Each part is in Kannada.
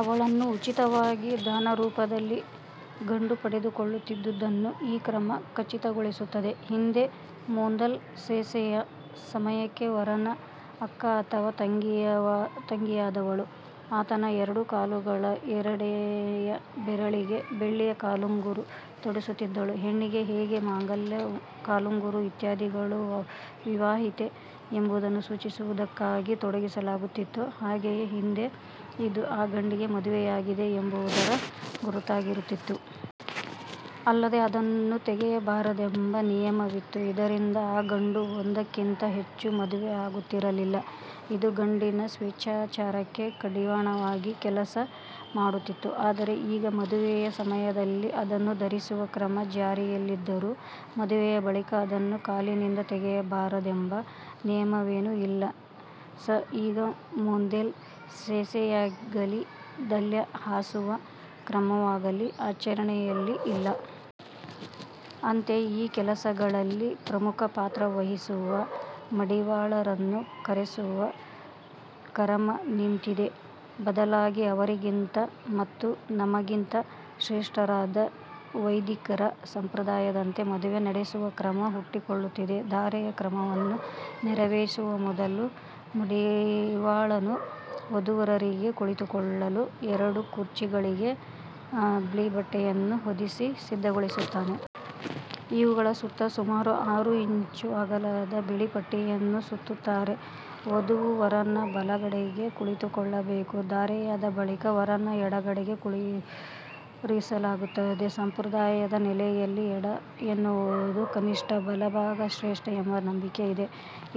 ಅವಳನ್ನು ಉಚಿತವಾಗಿ ದಾನರೂಪದಲ್ಲಿ ಗಂಡು ಪಡೆದುಕೊಳ್ಳುತ್ತಿದ್ದುದನ್ನು ಈ ಕ್ರಮ ಖಚಿತಗೊಳಿಸುತ್ತದೆ. ಹಿಂದೆ ಮೋಂದಲ್ ಸೇಸೆಯ ಸಮಯಕ್ಕೆ ವರನ ಅಕ್ಕ ಅಥವಾ ತಂಗಿಯಾದವಳು ಆತನ ಎರಡೂ ಕಾಲುಗಳ ಎರಡೆಯ ಬೆರಳಿಗೆ ಬೆಳ್ಳಿಯ ಕಾಲುಂಗುರ ತೊಡಿಸುತ್ತಿದ್ದಳು. ಹೆಣ್ಣಿಗೆ ಹೇಗೆ ಮಾಂಗಲ್ಯ, ಕಾಲುಂಗುರ ಇತ್ಯಾದಿಗಳು ವಿವಾಹಿತೆ ಎಂಬುದನ್ನು ಸೂಚಿಸುವುದಕ್ಕಾಗಿ ತೊಡಿಸಲಾಗುತ್ತಿತ್ತೋ ಹಾಗೆಯೇ ಹಿಂದೆ ಇದು ಆ ಗಂಡಿಗೆ ಮದುವೆಯಾಗಿದೆ ಎಂಬುದರ ಗುರುತಾಗಿರುತ್ತಿತ್ತು. ಅಲ್ಲದೆ ಅದನ್ನು ತೆಗೆಯಬಾರದೆಂಬ ನಿಯಮವಿತ್ತು. ಇದರಿಂದ ಆ ಗಂಡು ಒಂದಕ್ಕಿಂತ ಹೆಚ್ಚು ಮದುವೆ ಆಗುತ್ತಿರಲಿಲ್ಲ. ಇದು ಗಂಡಿನ ಸ್ವೇಚ್ಚಾಚಾರಕ್ಕೆ ಕಡಿವಾಣವಾಗಿ ಕೆಲಸ ಮಾಡುತ್ತಿತ್ತು. ಆದರೆ ಈಗ ಮದುವೆಯ ಸಮಯದಲ್ಲಿ ಅದನ್ನು ಧರಿಸುವ ಕ್ರಮ ಜಾರಿಯಲ್ಲಿದ್ದರೂ ಮದುವೆಯ ಬಳಿಕ ಅದನ್ನು ಕಾಲಿನಿಂದ ತೆಗೆಯಬಾರದೆಂಬ ನಿಯಮವೇನೂ ಇಲ್ಲ. ಸ ಈಗ ಮೋಂದೆಲ್ ಸೇಸೆಯಾಗಲೀ ದಲ್ಯ ಹಾಸುವ ಕ್ರಮವಾಗಲೀ ಆಚರಣೆಯಲ್ಲಿ ಇಲ್ಲ. ಅಂತೆಯೇ ಈ ಕೆಲಸಗಳಲ್ಲಿ ಪ್ರಮುಖ ಪಾತ್ರ ವಹಿಸುವ ಮಡಿವಾಳರನ್ನು ಕರೆಸುವ ಕರಮ ನಿಂತಿದೆ. ಬದಲಾಗಿ ಅವರಿಗಿಂತ ಮತ್ತು ತಮಗಿಂತ ಶ್ರೇಷ್ಠರಾದ ವೈದಿಕರ ಸಂಪ್ರದಾಯದಂತೆ ಮದುವೆ ನಡೆಸುವ ಕ್ರಮ ಹುಟ್ಟಿಕೊಳ್ಳುತ್ತಿದೆ. ಧಾರೆಯ ಕ್ರಮವನ್ನು ನೆರೆವೇರಿಸುವ ಮೊದಲು ಮಡಿವಾಳನು ವಧೂವರರಿಗೆ ಕುಳಿತುಕೊಳ್ಳಲು ಎರಡು ಕುರ್ಚಿಗಳಿಗೆ ಬಿಳಿಬಟ್ಟೆಯನ್ನು ಹೊದಿಸಿ ಸಿದ್ಧಗೊಳಿಸುತ್ತಾನೆ. ಇವುಗಳ ಸುತ್ತ ಸುಮಾರು ಆರು ಇಂಚು ಅಗಲದ ಬಿಳಿಬಟ್ಟೆಯನ್ನು ಸುತ್ತುತ್ತಾರೆ. ವಧುವು ವರನ ಬಲಗಡೆಗೆ ಕುಳಿತುಕೊಳ್ಳಬೇಕು. ಧಾರೆಯಾದ ಬಳಿಕ ವರನ ಎಡಗಡೆಗೆ ಕುಳ್ಳಿರಿಸಲಾಗುತ್ತದೆ. ಸಂಪ್ರದಾಯದ ನೆಲೆಯಲ್ಲಿ ಎಡ ಎನ್ನುವುದು ಕನಿಷ್ಠ, ಬಲಭಾಗ ಶ್ರೇಷ್ಠ ಎಂಬ ನಂಬಿಕೆ ಇದೆ.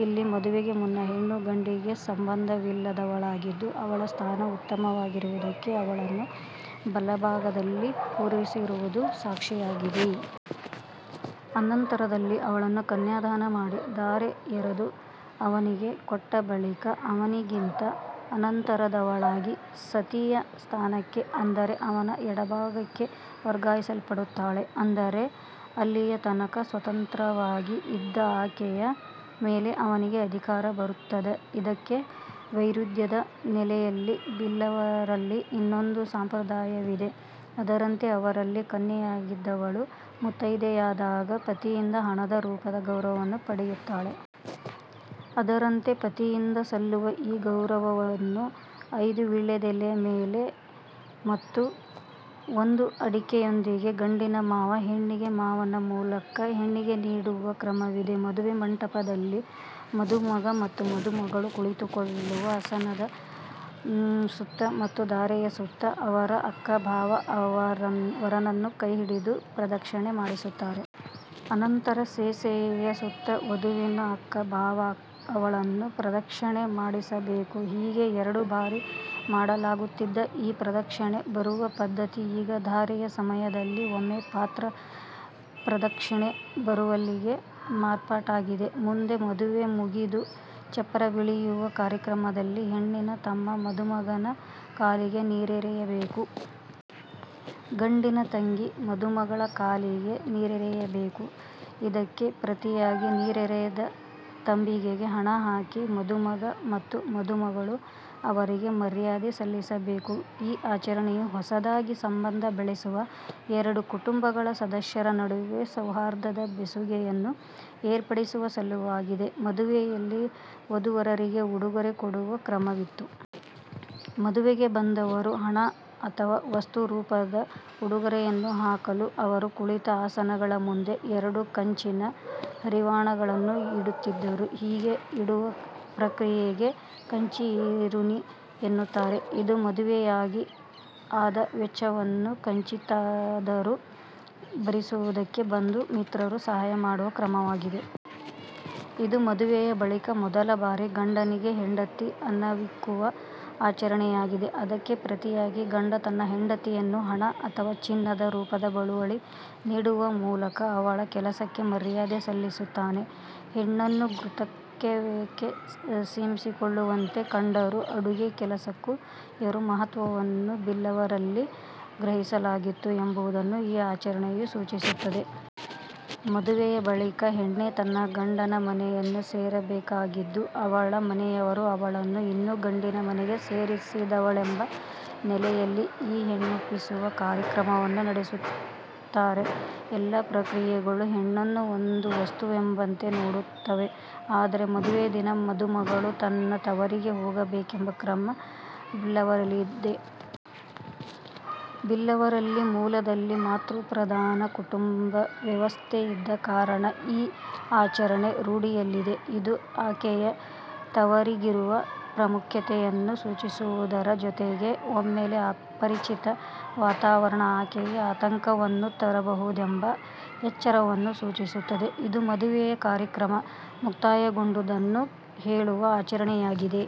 ಇಲ್ಲಿ ಮದುವೆಗೆ ಮುನ್ನ ಹೆಣ್ಣು ಗಂಡಿಗೆ ಸಂಬಂಧವಿಲ್ಲದವಳಾಗಿದ್ದು, ಅವಳ ಸ್ಥಾನ ಉತ್ತಮವಾಗಿರುವುದಕ್ಕೆ ಅವಳನ್ನು ಬಲಭಾಗದಲ್ಲಿ ಕುಳ್ಳಿರಿಸುವುದು ಸಾಕ್ಷಿಯಾಗಿದೆ. ಅನಂತರದಲ್ಲಿ ಅವಳನ್ನು ಕನ್ಯಾಧಾನ ಮಾಡಿ ಧಾರೆ ಎರದು ಅವನಿಗೆ ಕೊಟ್ಟ ಬಳಿಕ ಅವನಿಗಿಂತ ಅನಂತರದವಳಾಗಿ ಸತಿಯ ಸ್ಥಾನಕ್ಕೆ ಅಂದರೆ ಅವನ ಎಡಭಾಗಕ್ಕೆ ವರ್ಗಾಯಿಸಲ್ಪಡುತ್ತಾಳೆ. ಅಂದರೆ ಅಲ್ಲಿಯತನಕ ಸ್ವತಂತ್ರವಾಗಿ ಇದ್ದ ಆಕೆಯ ಮೇಲೆ ಅವನಿಗೆ ಅಧಿಕಾರ ಬರುತ್ತದ. ಇದಕ್ಕೆ ವೈರುಧ್ಯದ ನೆಲೆಯಲ್ಲಿ ಬಿಲ್ಲವರಲ್ಲಿ ಇನ್ನೊಂದು ಸಂಪ್ರದಾಯವಿದೆ. ಅದರಂತೆ ಅವರಲ್ಲಿ ಕನ್ಯೆಯಾಗಿದ್ದವಳು ಮುತ್ತೈದೆಯಾದಾಗ ಪತಿಯಿಂದ ಹಣದ ರೂಪದ ಗೌರವವನ್ನು ಪಡೆಯುತ್ತಾಳೆ. ಅದರಂತೆ ಪತಿಯಿಂದ ಸಲ್ಲುವ ಈ ಗೌರವವನ್ನು ಐದು ವೀಳ್ಯದೆಲೆ ಮತ್ತು ಒಂದು ಅಡಿಕೆಯೊಂದಿಗೆ ಗಂಡಿನ ಮಾವ ಹೆಣ್ಣಿನ ಮಾವನ ಮೂಲಕ ಹೆಣ್ಣಿಗೆ ನೀಡುವ ಕ್ರಮವಿದೆ. ಮದುವೆ ಮಂಟಪದಲ್ಲಿ ಮದುಮಗ ಮತ್ತು ಮದುಮಗಳು ಕುಳಿತುಕೊಳ್ಳುವ ಆಸನದ ಸುತ್ತ ಮತ್ತು ಧಾರೆಯ ಸುತ್ತ ಅವರ ಅಕ್ಕ-ಭಾವ ವರನನ್ನು ಕೈಹಿಡಿದು ಪ್ರದಕ್ಷಿಣೆ ಮಾಡಿಸುತ್ತಾರೆ. ಅನಂತರ ಸೇಸೆಯ ಸುತ್ತ ವಧುವಿನ ಅಕ್ಕ ಭಾವ ಅವಳನ್ನು ಪ್ರದಕ್ಷಿಣೆ ಮಾಡಿಸಬೇಕು. ಹೀಗೆ ಎರಡು ಬಾರಿ ಮಾಡಲಾಗುತ್ತಿದ್ದ ಈ ಪ್ರದಕ್ಷಿಣೆ ಬರುವ ಪದ್ಧತಿ ಈಗ ಧಾರೆಯ ಸಮಯದಲ್ಲಿ ಒಮ್ಮೆ ಪಾತ್ರ ಪ್ರದಕ್ಷಿಣೆ ಬರುವಲ್ಲಿಗೆ ಮಾರ್ಪಾಟಾಗಿದೆ. ಮುಂದೆ ಮದುವೆ ಮುಗಿದು ಚಪ್ಪರವಿಳಿಯುವ ಕಾರ್ಯಕ್ರಮದಲ್ಲಿ ಹೆಣ್ಣಿನ ತಮ್ಮ ಮದುಮಗನ ಕಾಲಿಗೆ ನೀರೆರೆಯಬೇಕು. ಗಂಡಿನ ತಂಗಿ ಮದುಮಗಳ ಕಾಲಿಗೆ ನೀರೆರೆಯಬೇಕು. ಇದಕ್ಕೆ ಪ್ರತಿಯಾಗಿ ನೀರೆರೆದ ತಂಬಿಗೆಗೆ ಹಣ ಹಾಕಿ ಮದುಮಗ ಮತ್ತು ಮದುಮಗಳು ಅವರಿಗೆ ಮರ್ಯಾದೆ ಸಲ್ಲಿಸಬೇಕು. ಈ ಆಚರಣೆಯು ಹೊಸದಾಗಿ ಸಂಬಂಧ ಬೆಳೆಸುವ ಎರಡು ಕುಟುಂಬಗಳ ಸದಸ್ಯರ ನಡುವೆ ಸೌಹಾರ್ದದ ಬೆಸುಗೆಯನ್ನು ಏರ್ಪಡಿಸುವ ಸಲುವಾಗಿದೆ. ಮದುವೆಯಲ್ಲಿ ವಧೂವರರಿಗೆ ಉಡುಗೊರೆ ಕೊಡುವ ಕ್ರಮವಿತ್ತು. ಮದುವೆಗೆ ಬಂದವರು ಹಣ ಅಥವಾ ವಸ್ತು ರೂಪದ ಉಡುಗೊರೆಯನ್ನು ಹಾಕಲು ಅವರು ಕುಳಿತ ಆಸನಗಳ ಮುಂದೆ ಎರಡು ಕಂಚಿನ ಹರಿವಾಣಗಳನ್ನು ಇಡುತ್ತಿದ್ದರು. ಹೀಗೆ ಇಡುವ ಪ್ರಕ್ರಿಯೆಗೆ ಕಂಚಿ ಏರುನಿ ಎನ್ನುತ್ತಾರೆ. ಇದು ಮದುವೆಯಾಗಿ ಆದ ವೆಚ್ಚವನ್ನು ಕಿಂಚಿತ್ತಾದರೂ ಭರಿಸುವುದಕ್ಕೆ ಬಂಧು- ಮಿತ್ರರು ಸಹಾಯ ಮಾಡುವ ಕ್ರಮವಾಗಿದೆ. ಇದು ಮದುವೆಯ ಬಳಿಕ ಮೊದಲ ಬಾರಿ ಗಂಡನಿಗೆ ಹೆಂಡತಿ ಅನ್ನವಿಕ್ಕುವ ಆಚರಣೆಯಾಗಿದೆ. ಅದಕ್ಕೆ ಪ್ರತಿಯಾಗಿ ಗಂಡ ತನ್ನ ಹೆಂಡತಿಯನ್ನು ಹಣ ಅಥವಾ ಚಿನ್ನದ ರೂಪದ ಬಳುವಳಿ ನೀಡುವ ಮೂಲಕ ಅವಳ ಕೆಲಸಕ್ಕೆ ಮರ್ಯಾದೆ ಸಲ್ಲಿಸುತ್ತಾನೆ. ಹೆಣ್ಣನ್ನು ಗೃಹಕೃತ್ಯಕ್ಕೆ ಸೀಮಿತಗೊಳಿಸುವಂತೆ ಕಂಡರೂ ಅಡುಗೆ ಕೆಲಸಕ್ಕೂ ಇರುವ ಮಹತ್ವವನ್ನು ಬಿಲ್ಲವರಲ್ಲಿ ಗ್ರಹಿಸಲಾಗಿತ್ತು ಎಂಬುದನ್ನು ಈ ಆಚರಣೆಯು ಸೂಚಿಸುತ್ತದೆ. ಮದುವೆಯ ಬಳಿಕ ಹೆಣ್ಣೆ ತನ್ನ ಗಂಡನ ಮನೆಯನ್ನು ಸೇರಬೇಕಾಗಿದ್ದು, ಅವಳ ಮನೆಯವರು ಅವಳನ್ನು ಇನ್ನು ಗಂಡಿನ ಮನೆಗೆ ಸೇರಿದವಳೆಂಬ ನೆಲೆಯಲ್ಲಿ ಈ ಹೆಣ್ಣೊಪ್ಪಿಸುವ ಕಾರ್ಯಕ್ರಮವನ್ನು ನಡೆಸಿಕೊಳ್ಳುತ್ತಾರೆ. ಎಲ್ಲ ಪ್ರಕ್ರಿಯೆಗಳು ಹೆಣ್ಣನ್ನು ಒಂದು ವಸ್ತುವೆಂಬಂತೆ ನೋಡುತ್ತವೆ. ಆದರೆ ಮದುವೆಯ ದಿನ ಮದುಮಗಳು ತನ್ನ ತವರಿಗೇ ಹೋಗಬೇಕೆಂಬ ಕ್ರಮ ಬಿಲ್ಲವರಲ್ಲಿದೆ. ಬಿಲ್ಲವರಲ್ಲಿ ಮೂಲದಲ್ಲಿ ಮಾತೃಪ್ರಧಾನ ಕುಟುಂಬ ವ್ಯವಸ್ಥೆಯಿದ್ದ ಕಾರಣ ಈ ಆಚರಣೆ ರೂಢಿಯಲ್ಲಿದೆ. ಇದು ಆಕೆಯ ತವರಿಗಿರುವ ಪ್ರಾಮುಖ್ಯತೆಯನ್ನು ಸೂಚಿಸುವುದರ ಜೊತೆಗೆ ಒಮ್ಮೆಲೇ ಅಪರಿಚಿತ ವಾತಾವರಣ ಆಕೆಗೆ ಆತಂಕವನ್ನು ತರಬಹುದೆಂಬ ಎಚ್ಚರವನ್ನೂ ಸೂಚಿಸುತ್ತದೆ. ಇದು ಮದುವೆಯ ಕಾರ್ಯಕ್ರಮ ಮುಕ್ತಾಯಗೊಂಡುದನ್ನು ಹೇಳುವ ಆಚರಣೆಯಾಗಿದೆ.